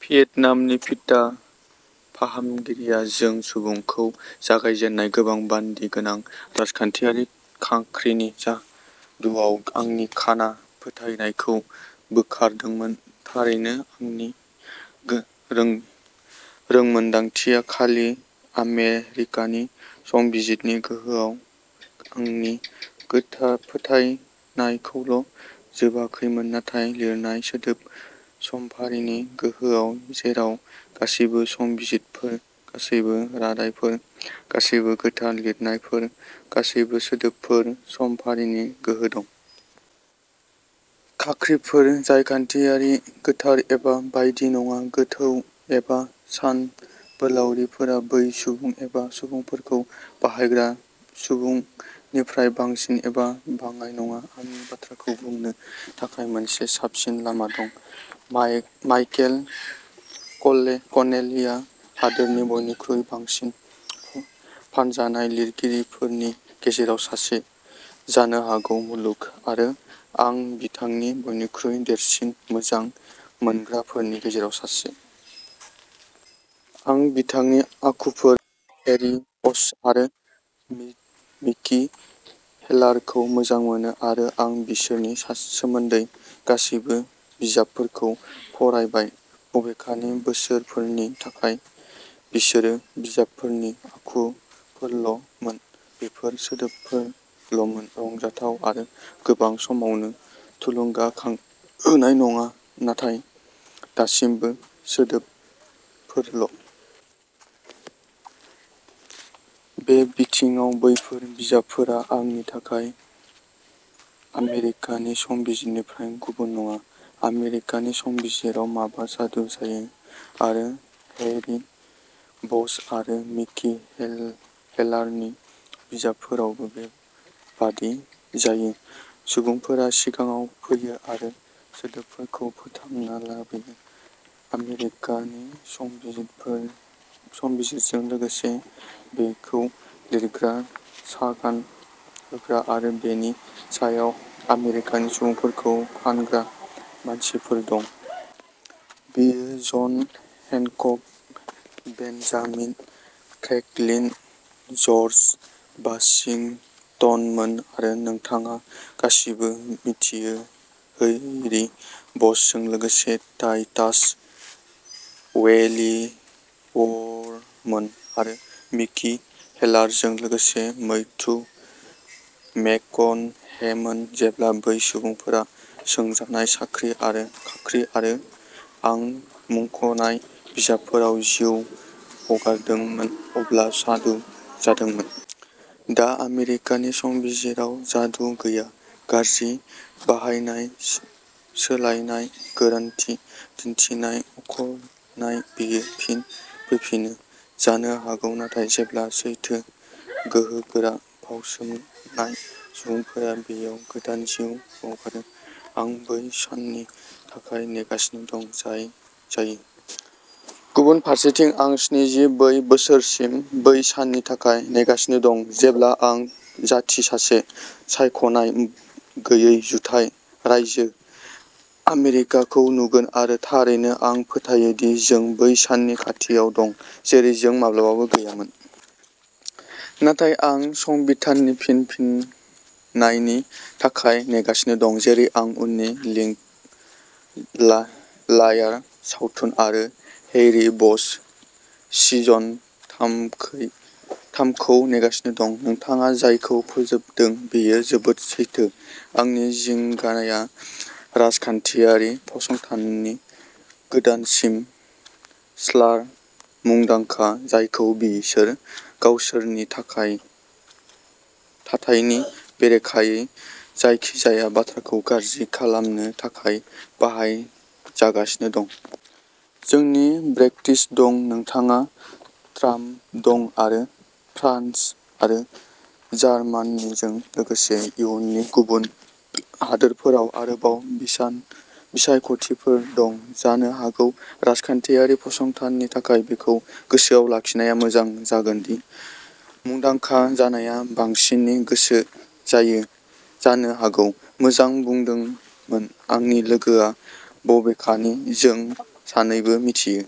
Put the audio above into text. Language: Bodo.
भियेतनामनि भिटा फाहामगिरिया "जों सुबुं" खौ जागायजेन्नाय गोबां बान्दि गोनां राजखान्थियारि खाख्रिनि जादुआव आंनि खाना फोथायनायखौ बोखारदोंमोन थारैनो, आंनि रोंमोनदांथिया खालि आमेरिकानि संबिजिदनि गोहोआव आंनि फोथायनायखौल' जोबाखैमोन, नाथाय लिरनाय सोदोब, समफारिनि गोहोआव जेराव गासैबो संबिजिरफोर, गासैबो रादायफोर, गासैबो गोथार लिरनायफोर, गासैबो सोदोबफोर समफारिनि गोहो दं। खाख्रिफोर, राजखान्थियारि, गोथार एबा बेबादि नङा, गोथौ एबा सानबोलावरिफोरा बै सुबुं एबा सुबुंफोरखौ बाहायग्रा सुबुंनिफ्राय बांसिन एबा बाङाइ नङा। आंनि बाथ्राखौ बुंनो थाखाय मोनसे साबसिन लामा दं। माइकेल कनेलिआ हादोरनि बयनिख्रुइ बांसिन फानजानाय लिरगिरिफोरनि गेजेराव सासे, जानो हागौ मुलुग, आरो आं बिथांनि बयनिख्रुइबो देरसिन मोजां मोनग्राफोरनि गेजेराव सासे। आं बिथांनि आखुफोर हेरी बश आरो मिकी हेलारखौ मोजां मोनो, आरो आं बिसोरनि सोमोन्दै गासैबो बिजाबफोरखौ फरायबाय। बबेखानि, बोसोरफोरनि थाखाय बिसोरो बिजाबफोरनि आखुफोरल'मोन बेफोर सोदोबफोरल'मोनः रंजाथाव आरो गोबां समावनो थुलुंगाखांहोनाय, नाथाय दासिमबो, सोदोबफोरल'। बे बिथिङाव, बैफोर। बिजाबफोरा आंनि थाखाय आमेरिकानि संबिजिरनिफ्राय गुबुन नङा। आमेरिकानि संबिजिराव माबा जादु जायो आरो हैरी बश आरो मिकी हेलारनि बिजाबफोरावबो बेबादि जायो। सुबुंफोरा सिगाङाव फैयो आरो सोदोबफोरखौ फोथांना लाबोयो। आमेरिकानि संबिजिरजों लोगोसे बेखौ लिरग्रा, सागान होग्रा आरो बेनि सायाव आमेरिकानि सुबुंफोरखौ फानग्रा मानसिफोर दंमोन। बेयो John Hancock, Benjamin Franklin, George वाशिंटनमोन आरो नोंथाङा गासिबो मिथियो हैरी बशजों लोगोसे टाइटास वेलिवरमोन आरो मिकी हेलारजों लोगोसे मैथ्यू मेककनहेमोन। जेब्ला बै सुबुंफोरा सोंजानाय खाख्रि आरो आं मुंख'नाय बिजाबफोराव जिउ हगारदोंमोन, अब्ला जादु जादोंमोन। दा, आमेरिकानि संबिजिराव जादुआ गैया। गाज्रि बाहायनाय, सोलाइनाय, गोरोन्थि दिन्थिनाय, मानख'नाय। बेयो फिन फैफिनो जानो हागौ नाथाय जेब्ला सैथो, गोहोगोरा, बाउसोमनाय सुबुंफोरा बेयाव गोदान जिउ हगारो। आं बै साननि थाखाय नेगासिनो दं जाय जायो। गुबुन फारसेथिं, आं स्निजि ब्रै बोसोरसिम बै साननि थाखाय नेगासिनो दं जेब्ला आं जाथि आरो सानख'नाय गैयै जुथाइ रायजो आमेरिकाखौ नुगोन आरो थारैनो, आं फोथायो दि जों बै साननि खाथियाव दं, जेरै जों माब्लाबाबो गैयामोन। नाथाय आं संबिधाननि फिनफिननायनि थाखाय नेगासिनो दं, जेरै आं उननि लिंकन लायार सावथुन आरो हैरी बश सिजन थामखौ नेगासिनो दं। नोंथाङा जायखौ फोजोबदों बेयो जोबोद सैथो। आंनि जिंगाया राजखान्थियारि फसंथाननि गोदानसिन स्लार, मुंदांखा, जायखौ बिसोर गावसोरनि थाथायनि बेरेखायै जायखिजाया बाथ्राखौ गाज्रि खालामनो थाखाय बाहायजागासिनो दं। जोंनि ब्रेक्सिट दं, नोंनाव ट्राम्प दं आरो फ्रान्स आरो जार्मानिजों लोगोसे इयुनि गुबुन हादोरफोराव आरोबाव बिसायख'थिफोर दं। जानो हागौ राजखान्थियारि फसंथाननि थाखाय बेखौ गोसोआव लाखिनाया मोजां जागोन दि मुंदांखा जानाया बांसिननि गोसो जानो हागौ। मोजां बुंदोंमोन आंनि लोगोआ, बबेखानि जों सानैबो मिथियो।